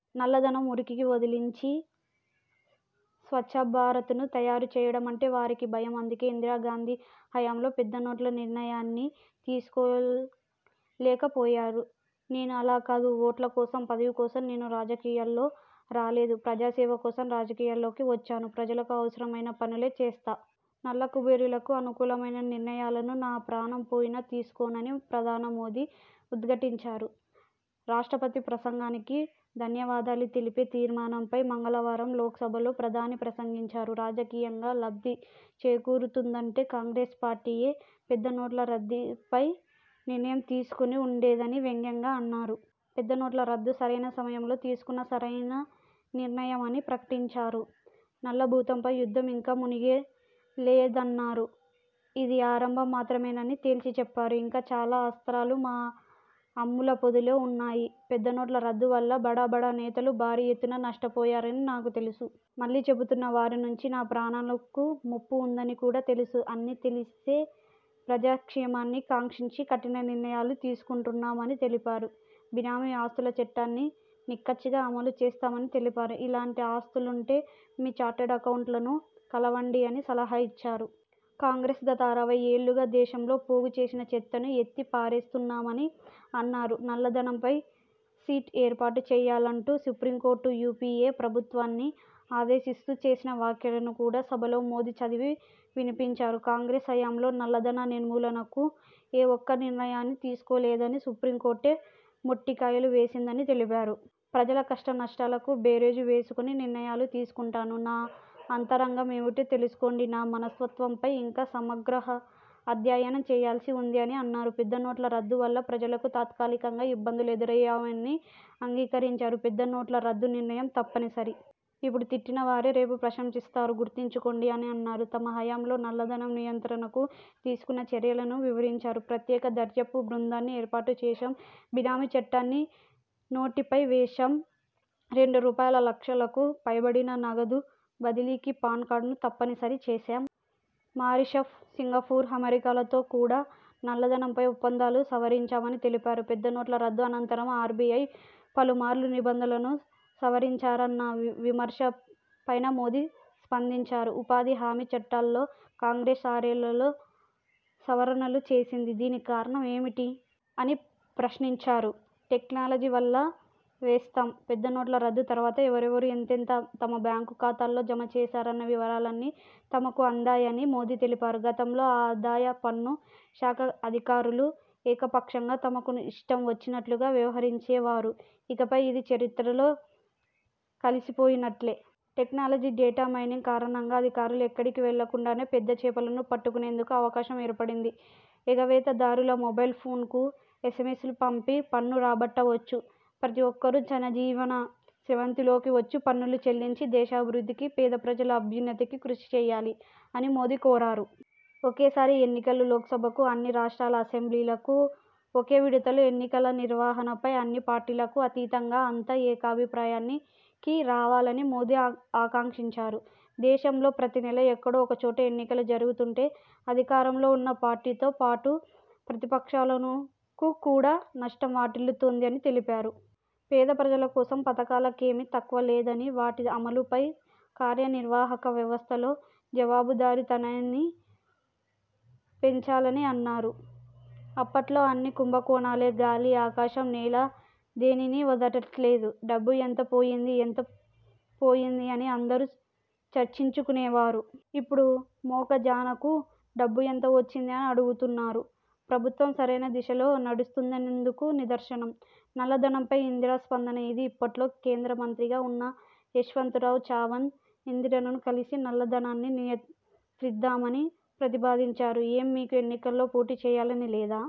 నల్లధనం మురికికి వదిలించి స్వచ్ఛ భారతను తయారు చేయడమంటే వారికి భయం. అందుకే ఇందిరా గాంధీ హయాంలో పెద్ద నోట్ల నిర్ణయాన్ని తీసుకో లేకపోయారు. నేను అలా కాదు! ఓట్ల కోసం, పదవి కోసం నేను రాజకీయాల్లో రాలేదు. ప్రజాసేవ కోసం రాజకీయాల్లోకి వచ్చాను. ప్రజలకు అవసరమైన పనులే చేస్తా! నల్ల కుబేరులకు అనుకూలమైన నిర్ణయాలను నా ప్రాణం పోయినా తీసుకోను అని ప్రధాన మోదీ ఉద్ఘటించారు. రాష్ట్రపతి ప్రసంగానికి ధన్యవాదాలు తెలిపే తీర్మానంపై మంగళవారం లోక్సభలో ప్రధాని ప్రసంగించారు. రాజకీయంగా లబ్ధి చేకూరుతుందంటే కాంగ్రెస్ పార్టీయే పెద్ద నోట్ల రద్దుపై నిర్ణయం తీసుకొని ఉండేదని వ్యంగ్యంగా అన్నారు. పెద్ద నోట్ల రద్దు సరైన సమయంలో తీసుకున్న సరైన నిర్ణయమని ప్రకటించారు. నల్ల భూతంపై యుద్ధం ఇంకా మునిగే లేదన్నారు. ఇది ఆరంభం మాత్రమేనని తేల్చి చెప్పారు. ఇంకా చాలా అస్త్రాలు మా అమ్ముల పొదిలో ఉన్నాయి. పెద్ద నోట్ల రద్దు వల్ల బడా బడా నేతలు భారీ ఎత్తున నష్ట పోయారని నాకు తెలుసు. మళ్లీ చెబుతున్నా వారి నుంచి నా ప్రాణాలకు ముప్పు ఉందని కూడా తెలుసు. అన్నీ తెలిస్తే ప్రజా క్షేమాన్ని కాంక్షించి కఠిన నిర్ణయాలు తీసుకుంటున్నాం అని తెలిపారు. బినామీ ఆస్తుల చట్టాన్ని నిక్కచ్చిగా అమలు చేస్తామని తెలిపారు. ఇలాంటి ఆస్తులుంటే మీ ఛార్టర్డ్ అకౌంటెంట్లను కలవండి అని సలహా ఇచ్చారు. కాంగ్రెస్ గత అరవై ఏళ్లుగా దేశంలో పోగు చేసిన చెత్తను ఎత్తి పారేస్తున్నామని అన్నారు. నల్ల ధనంపై సిట్ ఏర్పాటు వేయాలంటూ సుప్రీంకోర్టు యూపీఏ ప్రభుత్వాన్ని ఆదేశిస్తూ చేసిన వ్యాఖ్యలను కూడా సభలో మోదీ చదివి వినిపించారు. కాంగ్రెస్ హయాంలో నల్లధన నిర్మూలనకు ఏ ఒక్క నిర్ణయాన్నీ తీసుకోలేదని సుప్రీంకోర్టే మొట్టి కాయలు వేసిందని తెలిపారు. ప్రజల కష్ట నష్టాలకు బేరేజు వేసుకొనే నిర్ణయాలు తీసుకుంటాను. నా అంతరంగం ఏమిటో తెలుసుకోండి. నా మనస్తత్వంపై ఇంకా సమగ్ర అధ్యయనం చేయాల్సి ఉంది, అని అన్నారు. పెద్ద నోట్ల రద్దు వల్ల ప్రజలకు తాత్కాలికంగా ఇబ్బందులు ఎదురయ్యాయని అంగీకరించారు. పెద్ద నోట్ల రద్దు నిర్ణయం తప్పనిసరి. ఇప్పుడు తిట్టిన వారే రేపు ప్రశంసిస్తారు గుర్తించుకోండి, అని అన్నారు. తమ హయాంలో నల్లధనం నియంత్రణకు తీసుకున్న చర్యలను వివరించారు. ప్రత్యేక దర్యాప్తు బృందాన్ని ఏర్పాటు చేశాం. బినామీ చట్టాన్ని నోటిఫై చేశాం. రెండు రూపాయల లక్షలకు పైబడిన నగదు బదిలీకి పాన్ కార్డును తప్పని సరి చేశాం. మారిషఫ్, సింగపూర్, అమెరికాల తో కూడా నల్ల ధనంపై ఒప్పందాలు సవరించాం అని తెలిపారు. పెద్ద నోట్ల రద్దు అనంతరం ఆర్బీఐ పలుమార్లు నిబంధనలను సవరించారన్న విమర్శ పైనా మోదీ స్పందించారు. ఉపాధి హామీ చట్టల్లో కాంగ్రెస్ ఆరేళ్లలో సవరణలు చేసింది! దీనికి కారణం ఏమిటి? అని ప్రశ్నించారు. టెక్నాలజీ వల్ల వేస్తాం పెద్ద నోట్ల రద్దు తరువాత ఎవరెవరు ఎంతెంత తమ బ్యాంకు ఖాతాల్లో జమ చేశారన్న వివరాలన్నీ తమకు అందాయని మోదీ తెలిపారు. గతంలో ఆదాయ పన్ను శాఖ అధికారులు ఏకపక్షంగా, తమకు ఇష్టం వచ్చినట్లుగా వ్యవహరించేవారు. ఇకపై ఇది చరిత్రలో కలిసి పోయినట్లే. టెక్నాలజీ, డేటా మైనింగ్ కారణంగా అధికారులు ఎక్కడికీ వెళ్లకుండానే పెద్ద చేపలను పట్టుకునేందుకు అవకాశం ఏర్పడింది. ఎగవేత దారుల మొబైల్ ఫోన్కు ఎస్ఎమ్మెస్లు పంపి పన్ను రాబట్టవచ్చు. ప్రతి ఒక్కరూ జనజీవన స్రవంతి లోకి వచ్చి పన్నులు చెల్లించి దేశాభి వృద్ధికి, పేద ప్రజల అభ్యున్నతికి కృషి చేయాలి, అని మోదీ కోరారు. ఒకేసారి ఎన్నికలు లోక్సభకు, అన్ని రాష్ట్రాల అసెంబ్లీ లకు ఒకే విడతలో ఎన్నికల నిర్వహణపై అన్ని పార్టీలకు అతీతంగా అంతా ఏకాభి ప్రాయానికి రావాలని మోదీ ఆకాంక్షించారు. దేశంలో ప్రతి నెలా ఎక్కడో ఒకచోట ఎన్నికలు జరుగుతుంటే అధికారంలో ఉన్న పార్టీతో పాటు ప్రతి పక్షాలను కు కూడా నష్టం వాటిల్లుతుంది, అని తెలిపారు. పేద ప్రజల కోసం పథకాల కేమీ తక్కువ లేదని, వాటి అమలు పై కార్య నిర్వాహక వ్యవస్థలో జవాబుదారీ తనాన్ని పెంచాలని అన్నారు. అప్పట్లో అన్నీ కుంభకోణాలే! గాలి, ఆకాశం, నేల దేనినీ వదలట్లేదు. డబ్బు ఎంత పోయింది, ఎంత పోయింది అని అందరూ చర్చించు కునేవారు. ఇప్పుడే మోఖజానాకు డబ్బు ఎంత వచ్చింది అని అడుగుతున్నారు. ప్రభుత్వం సరైన దిశలో నడుస్తుందనేందుకు నిదర్శనం. నల్ల ధనంపై ఇందిర స్పందన ఇది ఇప్పట్లో కేంద్ర మంత్రిగా ఉన్న యశ్వంత రావ్ చవాన్ ఇందిరను కలిసి నల్ల ధనాన్ని నియంత్రిద్దామని ప్రతిపాదించారు. ఏం మీకు ఎన్నికల్లో పోటీ చేయాలని లేదా?